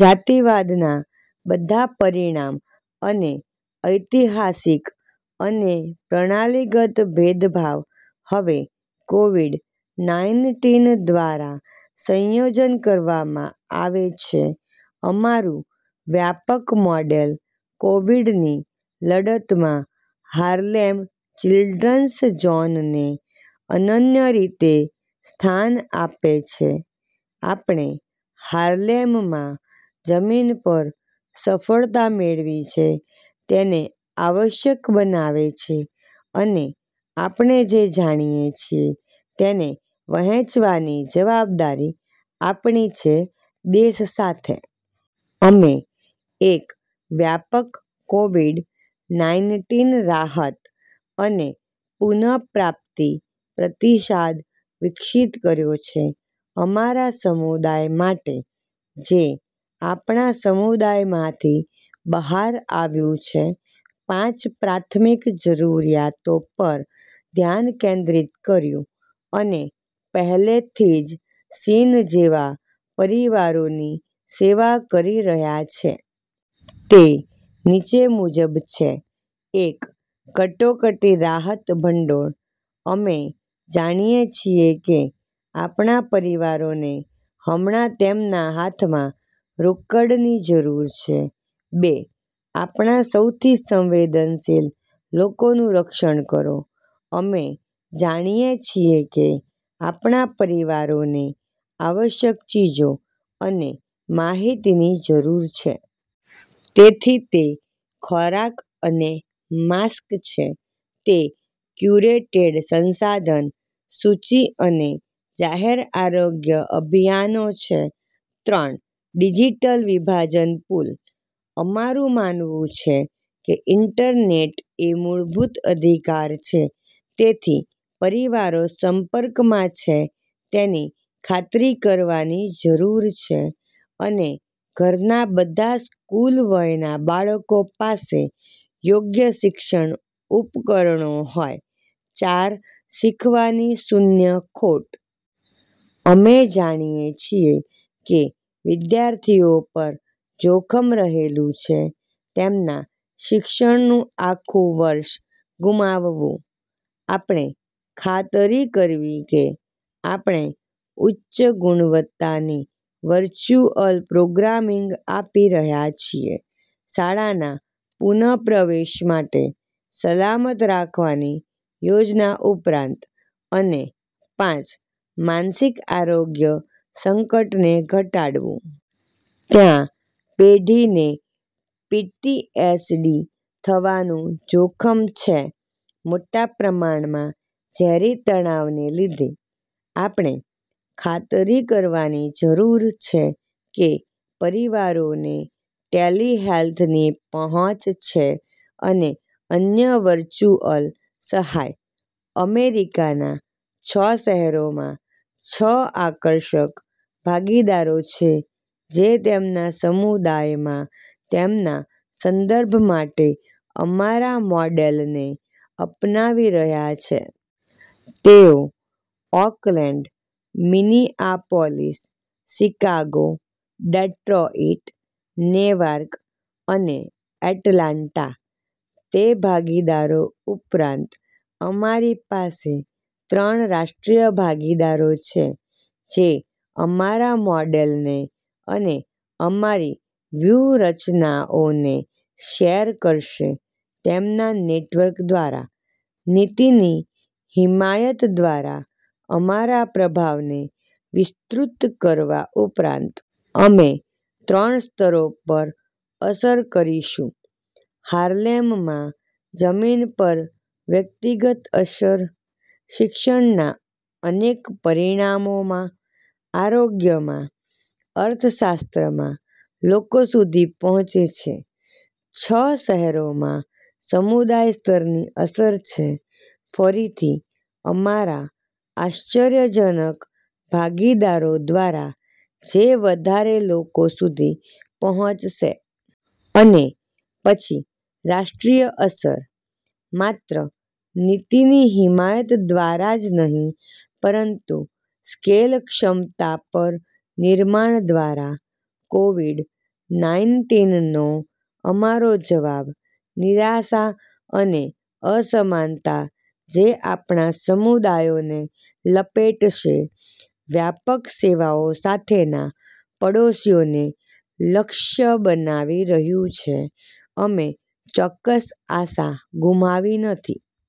જાતિવાદના બધા પરિણામ અને ઐતિહાસિક અને પ્રણાલીગત ભેદભાવ હવે કોવિડ-નાઈનટીન દ્વારા સંયોજન કરવામાં આવે છે. અમારું વ્યાપક મોડેલ કોવિડ ની લડતમાં હાર્લેમ ચિલ્ડ્રન્સ ઝોનને અનન્ય રીતે સ્થાન આપે છે. આપણે હાર્લેમમાં જમીન પર સફળતા મેળવી છે તેને આવશ્યક બનાવે છે, અને આપણે જે જાણીએ છીએ તેને વહેંચવાની જવાબદારી આપણી છે દેશ સાથે. અમે એક વ્યાપક કોવિડ - નાઈનટીન રાહત અને પુનપ્રાપ્તિ પ્રતિસાદ વિકસિત કર્યો છે અમારા સમુદાય માટે, જે આપણા સમુદાયમાંથી બહાર આવ્યું છે, પાંચ પ્રાથમિક જરૂરિયાતો પર ધ્યાન કેન્દ્રિત કર્યું, અને પહેલેથી જ સીન જેવા પરિવારોની સેવા કરી રહ્યાં છે. તે નીચે મુજબ છે. એક, કટોકટી રાહત ભંડોળ. અમે જાણીએ છીએ કે આપણા પરિવારોને હમણાં તેમના હાથમાં રોકડની જરૂર છે. બે, આપણા સૌથી સંવેદનશીલ લોકોનું રક્ષણ કરો. અમે જાણીએ છીએ કે આપણા પરિવારોને આવશ્યક ચીજો અને માહિતીની જરૂર છે. તેથી તે ખોરાક અને માસ્ક છે, તે ક્યુરેટેડ સંસાધન સૂચિ અને જાહેર આરોગ્ય અભિયાનો છે. ત્રણ, ડિજિટલ વિભાજન પુલ. અમારું માનવું છે કે ઇન્ટરનેટ એ મૂળભૂત અધિકાર છે. તેથી પરિવારો સંપર્કમાં છે તેની ખાતરી કરવાની જરૂર છે, અને ઘરનાં બધાં સ્કૂલ-વયનાં બાળકો પાસે યોગ્ય શિક્ષણ ઉપકરણો હોય ચાર, શીખવાની શૂન્ય ખોટ. અમે જાણીએ છીએ કે વિદ્યાર્થીઓ પર જોખમ રહેલું છે તેમના શિક્ષણનું આખું વર્ષ ગુમાવવું. આપણે ખાતરી કરવી કે આપણે ઉચ્ચગુણવત્તાની વર્ચ્યુઅલ પ્રોગ્રામિંગ આપી રહ્યાં છીએ, શાળાના પુનપ્રવેશ માટે સલામત રાખવાની યોજના ઉપરાંત. અને પાંચ, માનસિક આરોગ્ય સંકટને ઘટાડવું. ત્યાં પેઢીને પીટીએસડી થવાનું જોખમ છે, મોટા પ્રમાણમાં ઝેરી તણાવને લીધે. આપણે ખાતરી કરવાની જરૂર છે કે પરિવારોને ટેલિહેલ્થની પહોંચ છે અને અન્ય વર્ચુઅલ સહાય. અમેરીકાના છ શહેરોમાં છ આકર્ષક ભાગીદારો છે જે તેમના સમુદાયમાં તેમના સંદર્ભ માટે અમારા મોડેલને અપનાવી રહ્યા છે. તેઓ Oakland, Minneapolis, Chicago, Detroit, Newark અને એટલાન્ટા. તે ભાગીદારો ઉપરાંત, અમારી પાસે ત્રણ રાષ્ટ્રીય ભાગીદારો છે, જે અમારા મોડેલને અને અમારી વ્યૂહરચનાઓને શેર કરશે તેમના નેટવર્ક દ્વારા, નીતિની હિમાયત દ્વારા અમારા પ્રભાવને વિસ્તૃત કરવા ઉપરાંત. અમે ત્રણ સ્તરો પર અસર કરીશું. હાર્લેમમાં જમીન પર વ્યક્તિગત અસર, શિક્ષણના અનેક પરિણામોમાં, આરોગ્ય માં, અર્થશાસ્ત્ર માં, લોકો સુધી પહોંચે છે. છ શહેરોમાં સમુદાય-સ્તરની અસર છે, ફરીથી અમારા આશ્ચર્યજનક ભાગીદારો દ્વારા, જે વધારે લોકો સુધી પહોંચશે. અને પછી રાષ્ટ્રીય અસર, માત્ર નીતિની હિમાયત દ્વારા જ નહીં, પરંતુ સ્કેલ ક્ષમતા પર નિર્માણ દ્વારા. કોવિડ -નાઈનટીન નો અમારો જવાબ, નિરાશા અને અસમાનતા જે આપણા સમુદાયોને લપેટશે, વ્યાપક સેવાઓ સાથેના પડોશીઓને લક્ષ્ય બનાવી રહ્યું છે. અમે ચોક્કસ આશા ગુમાવી નથી.